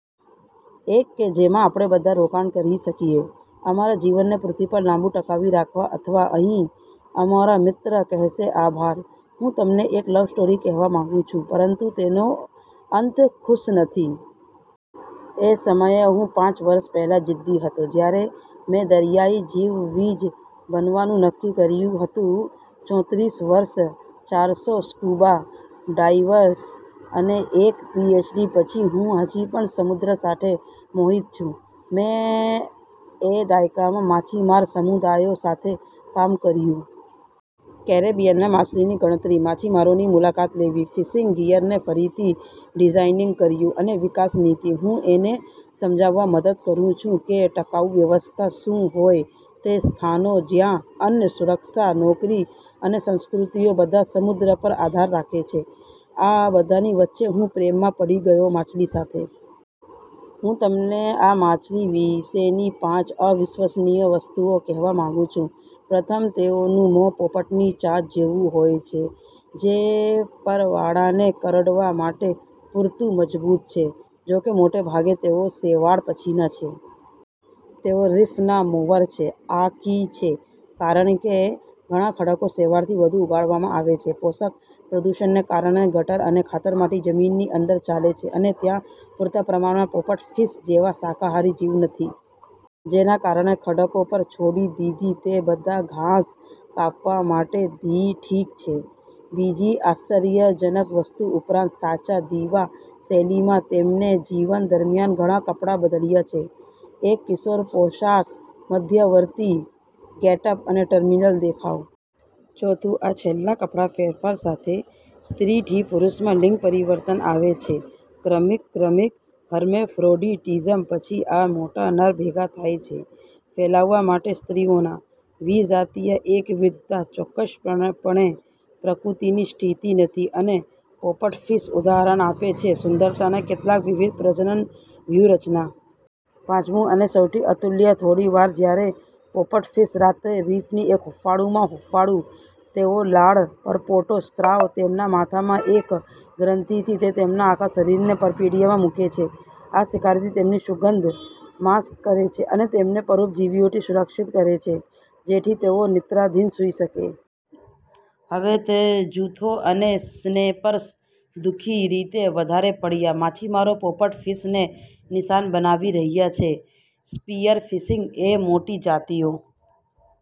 એક કે જેમાં આપણે બધા રોકાણ કરી શકીએ અમારા જીવનને પૃથ્વી પર લાંબુ ટકાવી રાખવા અથવા અહીં અમારા મિત્ર કહેશે આભાર. હું તમને એક લવ સ્ટોરી કહેવા માંગુ છું. પરંતુ તેનો અંત ખુશ નથી. એ સમયે હું પાંચ વર્ષ પહેલાં જીદ્દી હતો, જ્યારે મેં દરિયાઇ જીવવિજ બનવાનું નક્કી કર્યું હતું .ચોત્રીસ વર્ષ, ચારસો સ્કુબા ડાઇવ્સ અને એક પીએચડી પછી, હું હજી પણ સમુદ્ર સાથે મોહિત છું. મેં એ દાયકામાં માછીમારી સમુદાયો સાથે કામ કર્યું. કેરેબિયનમાં માછલીની ગણતરી, માછીમારોની મુલાકાત લેવી, ફિશિંગ ગિયરને ફરીથી ડિઝાઇનીંગ કર્યું અને વિકાસ નીતિ. હૂં એને સમજાવામાં મદદ કરું છું કે ટકાઉ વ્યવસ્થા શું હોય તે સ્થાનો જ્યાં અન્ન, સુરક્ષા, નોકરી અને સંસ્કૃતિઓ બધા સમુદ્ર પર આધાર રાખે છે, આ બધાની વચ્ચે હું પ્રેમમાં પડી ગયો માછલી સાથે. હું તમને આ માછલી વિશેની પાંચ અવિશ્વસનીય વસ્તુઓ કહેવા માંગુ છું પ્રથમ, તેઓનું મોં પોપટની ચાંચ જેવું હોય છે, જે પરવાળાને કરડવા માટે પૂરતું મજબૂત છે, જોકે મોટે ભાગે તેઓ શેવાળ પછીના છે. તેઓ રીફના મોવર છે. આ કી છે, કારણ કે ઘણા ખડકો શેવાળથી વધુ ઉગાડવામાં આવે છે પોષક પ્રદૂષણને કારણે ગટર અને ખાતરમાંથી જમીનની અંદર ચાલે છે. અને ત્યાં પૂરતા પ્રમાણમાં પોપટ ફિશ જેવા શાકાહારી જીવ નથી. જેના કારણે ખડકો પર છોડી દીધી તે બધા ઘાસ કાપવા માટે ઠીક છે. બીજી આશ્ચર્યજનક વસ્તુ. ઉપરાંત, સાચા દિવા શૈલીમાં તેમને જીવન દરમ્યાન ઘણા કપડા બદલ્યા છે. એક કિશોર પોશાક, મધ્યવર્તી ગેટઅપ, અને ટર્મિનલ દેખાવ. ચોથું, આ છેલ્લા કપડા ફેરફાર સાથે સ્ત્રીથી પુરુષમાં લિંગ પરિવર્તન આવે છે, ક્રમિક ક્રમિક હર્મેફ્રોડિટિઝમ પછી આ મોટા નર ભેગા થાય છે ફેલાવવા માટે સ્ત્રીઓના. વિજાતીય એકવિધતા ચોક્કસપણે પ્રકૃતિની સ્થિતિ નથી અને પોપટફિશ ઉદાહરણ આપે છે સુંદરતાના કેટલાક વિવિધ પ્રજનન વ્યૂહરચના. પાંચમું અને સૌથી અતુલ્ય થોડી વાર જ્યારે પોપટફિશ રાત્રે રીફની એક હૂંફાળું માં હૂંફાળું, તેઓ લાળ પરપોટો સ્ત્રાવ તેમના માથા માં એક ગ્રંથી થી તે તેમના આખા શરીરને પરબિડીયામાં મૂકે છે. આ શિકારીથી તેમની સુગંધ માસ્ક કરે છે અને તેમને પરોપજીવીઓથી સુરક્ષિત કરે છે, જેથી તેઓ નિંદ્રાધીન સૂઈ શકે. હવે તે જૂથો અને સ્નેપર્સ દુ: ખી રીતે વધારે પડ્યા માછીમારો પોપટ ફિશને નિશાન બનાવી રહ્યા છે. સ્પિયરફિશિંગ એ મોટી જાતિઓ